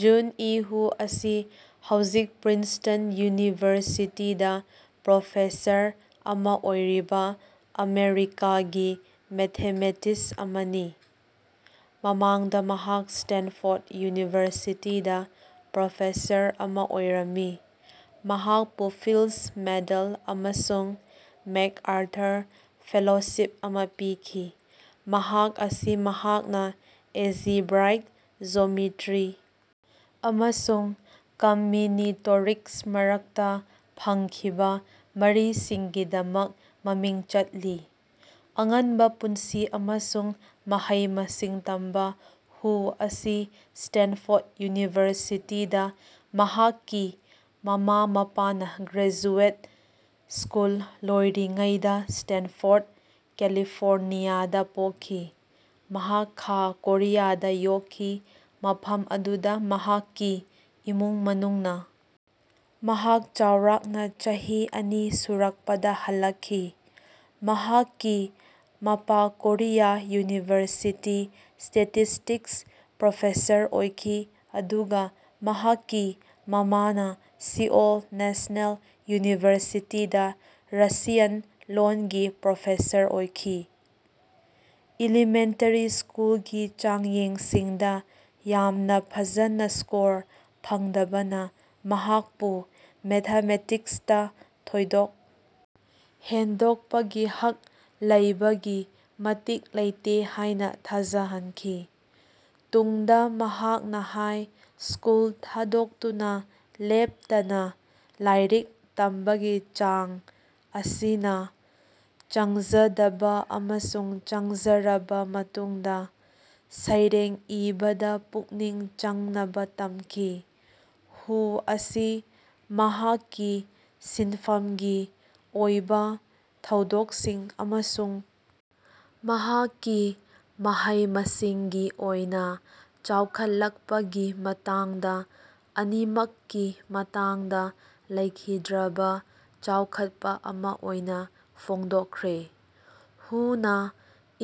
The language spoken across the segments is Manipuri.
ꯖꯨꯟ ꯏ ꯍꯨ ꯑꯁꯤ ꯍꯧꯖꯤꯛ ꯄꯔꯤꯟꯁꯇꯟ ꯌꯨꯅꯤꯚꯔꯁꯤꯇꯤꯗꯥ ꯄ꯭ꯔꯣꯐꯦꯁꯔ ꯑꯃ ꯑꯣꯏꯔꯤꯕ ꯑꯃꯦꯔꯤꯀꯥꯒꯤ ꯃꯦꯊꯦꯃꯦꯇꯤꯁ ꯑꯃꯅꯤ꯫ ꯃꯃꯥꯡꯗ ꯃꯍꯥꯛ ꯁꯇꯦꯟꯐꯣꯔꯠ ꯌꯨꯅꯤꯚꯔꯁꯤꯇꯤꯗꯥ ꯄ꯭ꯔꯣꯐꯦꯁꯔ ꯑꯃ ꯑꯣꯏꯔꯝꯃꯤ꯫ ꯃꯍꯥꯛꯄꯨ ꯐꯤꯜꯗꯁ ꯃꯦꯗꯜ ꯑꯃꯁꯨꯡ ꯃꯦꯛꯑꯥꯔꯊꯔ ꯐꯦꯂꯣꯁꯤꯞ ꯑꯃ ꯄꯤꯈꯤ꯫ ꯃꯍꯥꯛ ꯑꯁꯤ ꯃꯍꯥꯛꯅ ꯑꯦꯖꯤꯕꯔꯥꯏꯛ ꯖꯣꯃꯤꯇ꯭ꯔꯤ ꯑꯃꯁꯨꯡ ꯀꯝꯃꯤꯅꯤꯇꯣꯔꯤꯛꯁ ꯃꯔꯛꯇ ꯐꯪꯈꯤꯕ ꯃꯔꯤꯁꯤꯡꯒꯤꯗꯃꯛ ꯃꯃꯤꯡ ꯆꯠꯂꯤ꯫ ꯑꯉꯟꯕ ꯄꯨꯟꯁꯤ ꯑꯃꯁꯨꯡ ꯃꯍꯩ-ꯃꯁꯤꯡ ꯇꯝꯕ ꯍꯨ ꯑꯁꯤ ꯁ꯭ꯇꯦꯟꯐꯣꯔꯠ ꯌꯨꯅꯤꯚꯔꯁꯤꯇꯤꯗꯥ ꯃꯍꯥꯛꯀꯤ ꯃꯃꯥ-ꯃꯄꯥꯅ ꯒ꯭ꯔꯦꯖꯨꯑꯦꯠ ꯁ꯭ꯀꯨꯜ ꯂꯣꯏꯔꯤꯉꯩꯗ ꯁ꯭ꯇꯦꯟꯐꯣꯔꯠ, ꯀꯦꯂꯤꯐꯣꯔꯅꯤꯌꯥꯗ ꯄꯣꯛꯈꯤ꯫ ꯃꯍꯥꯛ ꯈꯥ ꯀꯣꯔꯤꯌꯥꯗ ꯌꯣꯛꯈꯤ, ꯃꯐꯝ ꯑꯗꯨꯗ ꯃꯍꯥꯛꯀꯤ ꯏꯃꯨꯡ ꯃꯅꯨꯡꯅ ꯃꯍꯥꯛ ꯆꯥꯎꯔꯥꯛꯅ ꯆꯍꯤ ꯑꯅꯤ ꯁꯨꯔꯛꯄꯗ ꯍꯜꯂꯛꯈꯤ꯫ ꯃꯍꯥꯛꯀꯤ ꯃꯄꯥ ꯀꯣꯔꯤꯌꯥ ꯌꯨꯅꯤꯚꯔꯁꯤꯇꯤ ꯁ꯭ꯇꯦꯇꯤꯁꯇꯤꯛꯁ ꯄ꯭ꯔꯣꯐꯦꯁꯔ ꯑꯣꯏꯈꯤ, ꯑꯗꯨꯒ ꯃꯍꯥꯛꯀꯤ ꯃꯃꯥꯅ ꯁꯤꯑꯣꯜ ꯅꯦꯁꯅꯦꯜ ꯌꯨꯅꯤꯚꯔꯁꯤꯇꯤꯗꯥ ꯔꯁꯤꯌꯟ ꯂꯣꯟꯒꯤ ꯄ꯭ꯔꯣꯐꯦꯁꯔ ꯑꯣꯏꯈꯤ꯫ ꯏꯂꯤꯃꯦꯟꯇꯔꯤ ꯁ꯭ꯀꯨꯜꯒꯤ ꯆꯥꯡꯌꯦꯡꯁꯤꯡꯗ ꯌꯥꯝꯅ ꯐꯖꯅ ꯁ꯭ꯀꯣꯔ ꯐꯪꯗꯕꯅ ꯃꯍꯥꯛꯄꯨ ꯃꯦꯊꯥꯃꯦꯇꯤꯛꯁꯇ ꯊꯣꯏꯗꯣꯛ ꯍꯦꯟꯗꯣꯛꯄꯒꯤ ꯍꯛ ꯂꯩꯕꯒꯤ ꯃꯇꯤꯛ ꯂꯩꯇꯦ ꯍꯥꯏꯅ ꯊꯥꯖꯍꯟꯈꯤ꯫ ꯇꯨꯡꯗ ꯃꯍꯥꯛꯅ ꯍꯥꯏ ꯁ꯭ꯀꯨꯜ ꯊꯥꯗꯣꯛꯇꯨꯅ ꯂꯦꯞꯇꯅ ꯂꯥꯏꯔꯤꯛ ꯇꯝꯕꯒꯤ ꯆꯥꯡ ꯑꯁꯤꯅ ꯆꯪꯖꯗꯕ ꯑꯃꯁꯨꯡ ꯆꯪꯖꯔꯕ ꯃꯇꯨꯡꯗ ꯁꯩꯔꯦꯡ ꯏꯕꯗ ꯄꯨꯛꯅꯤꯡ ꯆꯪꯅꯕ ꯇꯝꯈꯤ꯫ ꯍꯨ ꯑꯁꯤ ꯃꯍꯥꯛꯀꯤ ꯁꯤꯟꯐꯝꯒꯤ ꯑꯣꯏꯕ ꯊꯧꯗꯣꯛꯁꯤꯡ ꯑꯃꯁꯨꯡ ꯃꯍꯥꯛꯀꯤ ꯃꯍꯩ-ꯃꯁꯤꯡꯒꯤ ꯑꯣꯏꯅ ꯆꯥꯎꯈꯠꯂꯛꯄꯒꯤ ꯃꯇꯥꯡꯗ ꯑꯅꯤꯃꯛꯀꯤ ꯃꯇꯥꯡꯗ, ꯂꯩꯈꯤꯗ꯭ꯔꯕ ꯆꯥꯎꯈꯠꯄ ꯑꯃ ꯑꯣꯏꯅ ꯐꯣꯡꯗꯣꯛꯈ꯭ꯔꯦ꯫ ꯍꯨꯅ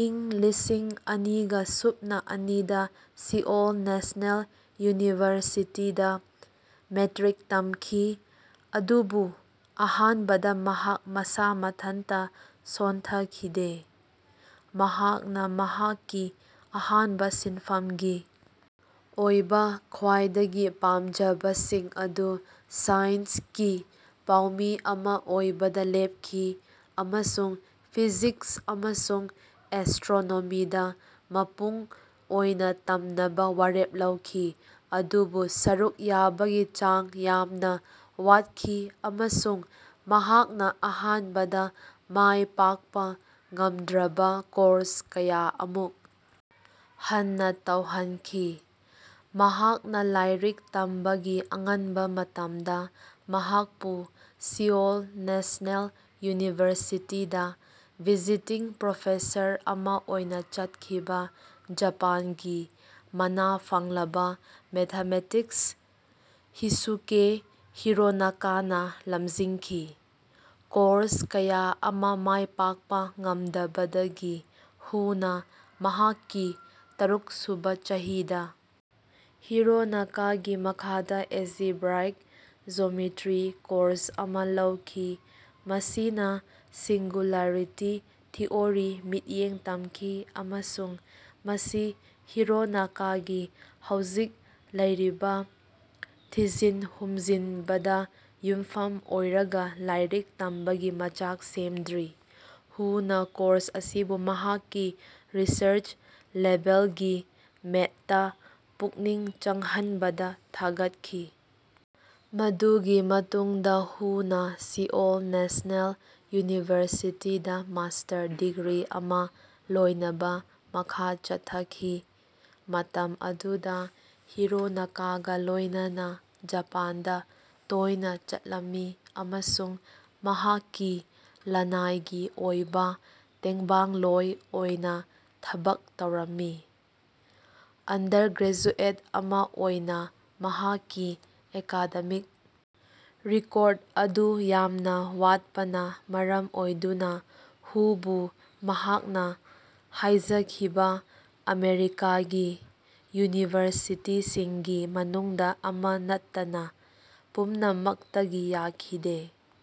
ꯏꯪ ꯂꯤꯁꯤꯡ ꯑꯅꯤꯒꯥ ꯁꯨꯞꯅꯥ ꯑꯅꯤꯗ ꯁꯤꯑꯣꯜ ꯅꯦꯁꯅꯦꯜ ꯌꯨꯅꯤꯚꯔꯁꯤꯇꯤꯗꯥ ꯃꯦꯇ꯭ꯔꯤꯛ ꯇꯝꯈꯤ, ꯑꯗꯨꯕꯨ ꯑꯍꯥꯟꯕꯗ ꯃꯍꯥꯛ ꯃꯁꯥ ꯃꯊꯟꯇ ꯁꯣꯟꯊꯈꯤꯗꯦ꯫ ꯃꯍꯥꯛꯅ ꯃꯍꯥꯛꯀꯤ ꯑꯍꯥꯟꯕ ꯁꯤꯟꯐꯝꯒꯤ ꯑꯣꯏꯕ ꯈ꯭ꯋꯥꯏꯗꯒꯤ ꯄꯥꯝꯖꯕꯁꯤꯡ ꯑꯗꯨ ꯁꯥꯏꯟ꯭ꯁꯀꯤ ꯄꯥꯎꯃꯤ ꯑꯃ ꯑꯣꯏꯕꯗ ꯂꯦꯞꯈꯤ ꯑꯃꯁꯨꯡ ꯐꯤꯖꯤꯛꯁ ꯑꯃꯁꯨꯡ ꯑꯦꯁꯇ꯭ꯔꯣꯅꯣꯃꯤꯗ ꯃꯄꯨꯡ ꯑꯣꯏꯅ ꯇꯝꯅꯕ ꯋꯥꯔꯦꯞ ꯂꯧꯈꯤ, ꯑꯗꯨꯕꯨ ꯁꯔꯨꯛ ꯌꯥꯕꯒꯤ ꯆꯥꯡ ꯌꯥꯝꯅ ꯋꯥꯠꯈꯤ ꯑꯃꯁꯨꯡ ꯃꯍꯥꯛꯅ ꯑꯍꯥꯟꯕꯗ ꯃꯥꯏ ꯄꯥꯛꯄ ꯉꯝꯗ꯭ꯔꯕ ꯀꯣꯔꯁ ꯀꯌꯥ ꯑꯃꯨꯛ ꯍꯟꯅ ꯇꯧꯍꯟꯈꯤ꯫ ꯃꯍꯥꯛꯅ ꯂꯥꯏꯔꯤꯛ ꯇꯝꯕꯒꯤ ꯑꯉꯟꯕ ꯃꯇꯝꯗ ꯃꯍꯥꯛꯄꯨ ꯁꯤꯑꯣꯜ ꯅꯦꯁꯅꯦꯜ ꯌꯨꯅꯤꯚꯔꯁꯤꯇꯤꯗ ꯚꯤꯖꯤꯇꯤꯡ ꯄ꯭ꯔꯣꯐꯦꯁꯔ ꯑꯃ ꯑꯣꯏꯅ ꯆꯠꯈꯤꯕ, ꯖꯄꯥꯟꯒꯤ ꯃꯅꯥ ꯐꯪꯂꯕ ꯃꯦꯊꯥꯃꯦꯇꯤꯛꯁ ꯍꯤꯁꯨꯀꯦ ꯍꯤꯔꯣꯅꯥꯀꯥꯅ ꯂꯝꯖꯤꯡꯈꯤ꯫ ꯀꯣꯔꯁ ꯀꯌꯥ ꯑꯃ ꯃꯥꯏ ꯄꯥꯛꯄ ꯉꯝꯗꯕꯗꯒꯤ ꯍꯨꯅ ꯃꯍꯥꯛꯀꯤ ꯇꯔꯨꯛꯁꯨꯕ ꯆꯍꯤꯗ ꯍꯤꯔꯣꯅꯥꯀꯒꯤ ꯃꯈꯥꯗ ꯑꯦꯖꯤꯕ꯭ꯔꯥꯏꯛ ꯖꯣꯃꯤꯇ꯭ꯔꯤ ꯀꯣꯔꯁ ꯑꯃ ꯂꯧꯈꯤ, ꯃꯁꯤꯅ ꯁꯤꯡꯒꯨꯂꯔꯤꯇꯤ ꯊꯤꯑꯣꯔꯤ ꯃꯤꯠꯌꯦꯡ ꯊꯝꯈꯤ ꯑꯃꯁꯨꯡ ꯃꯁꯤ ꯍꯤꯔꯣꯅꯥꯀꯥꯒꯤ ꯍꯧꯖꯤꯛ ꯂꯩꯔꯤꯕ ꯊꯤꯖꯤꯟ-ꯍꯨꯝꯖꯤꯟꯕꯗ ꯌꯨꯝꯐꯝ ꯑꯣꯏꯔꯒ ꯂꯥꯏꯔꯤꯛ ꯇꯝꯕꯒꯤ ꯃꯆꯥꯛ ꯁꯦꯝꯗ꯭ꯔꯤ꯫ ꯍꯨꯅ ꯀꯣꯔꯁ ꯑꯁꯤꯕꯨ ꯃꯍꯥꯛꯀꯤ ꯔꯤꯁꯔ꯭ꯆ-ꯂꯦꯕꯦꯜꯒꯤ ꯃꯦꯠꯇ ꯄꯨꯛꯅꯤꯡ ꯆꯪꯍꯟꯕꯗ ꯊꯥꯒꯠꯈꯤ꯫ ꯃꯗꯨꯒꯤ ꯃꯇꯨꯡꯗ ꯍꯨꯅ ꯁꯤꯑꯣꯜ ꯅꯦꯁꯅꯦꯜ ꯌꯨꯅꯤꯚꯔꯁꯤꯇꯤꯗ ꯃꯥꯁꯇꯔ ꯗꯤꯒ꯭ꯔꯤ ꯑꯃ ꯂꯣꯏꯅꯕ ꯃꯈꯥ ꯆꯠꯊꯈꯤ, ꯃꯇꯝ ꯑꯗꯨꯗ ꯍꯤꯔꯣꯅꯥꯀꯥꯒ ꯂꯣꯏꯅꯅꯥ ꯖꯄꯥꯟꯗ ꯇꯣꯏꯅ ꯆꯠꯂꯝꯃꯤ ꯑꯃꯁꯨꯡ ꯃꯍꯥꯛꯀꯤ ꯂꯅꯥꯏꯒꯤ ꯑꯣꯏꯕ ꯇꯦꯡꯕꯥꯡꯂꯣꯏ ꯑꯣꯏꯅ ꯊꯕꯛ ꯇꯧꯔꯝꯃꯤ꯫ ꯑꯟꯗꯔ ꯒ꯭ꯔꯦꯖꯨꯑꯦꯠ ꯑꯃ ꯑꯣꯏꯅ ꯃꯍꯥꯛꯀꯤ ꯑꯦꯀꯥꯗꯃꯤꯛ ꯔꯦꯀꯣꯔꯠ ꯑꯗꯨ ꯌꯥꯝꯅ ꯋꯥꯠꯄꯅ ꯃꯔꯝ ꯑꯣꯏꯗꯨꯅ ꯍꯨꯕꯨ ꯃꯍꯥꯛꯅ ꯍꯥꯏꯖꯈꯤꯕ ꯑꯃꯦꯔꯤꯀꯥꯒꯤ ꯌꯨꯅꯤꯚꯔꯁꯤꯇꯤꯁꯤꯡꯒꯤ ꯃꯅꯨꯡꯗ ꯑꯃ ꯅꯠꯇꯅ ꯄꯨꯝꯅꯃꯛꯇꯒꯤ ꯌꯥꯈꯤꯗꯦ꯫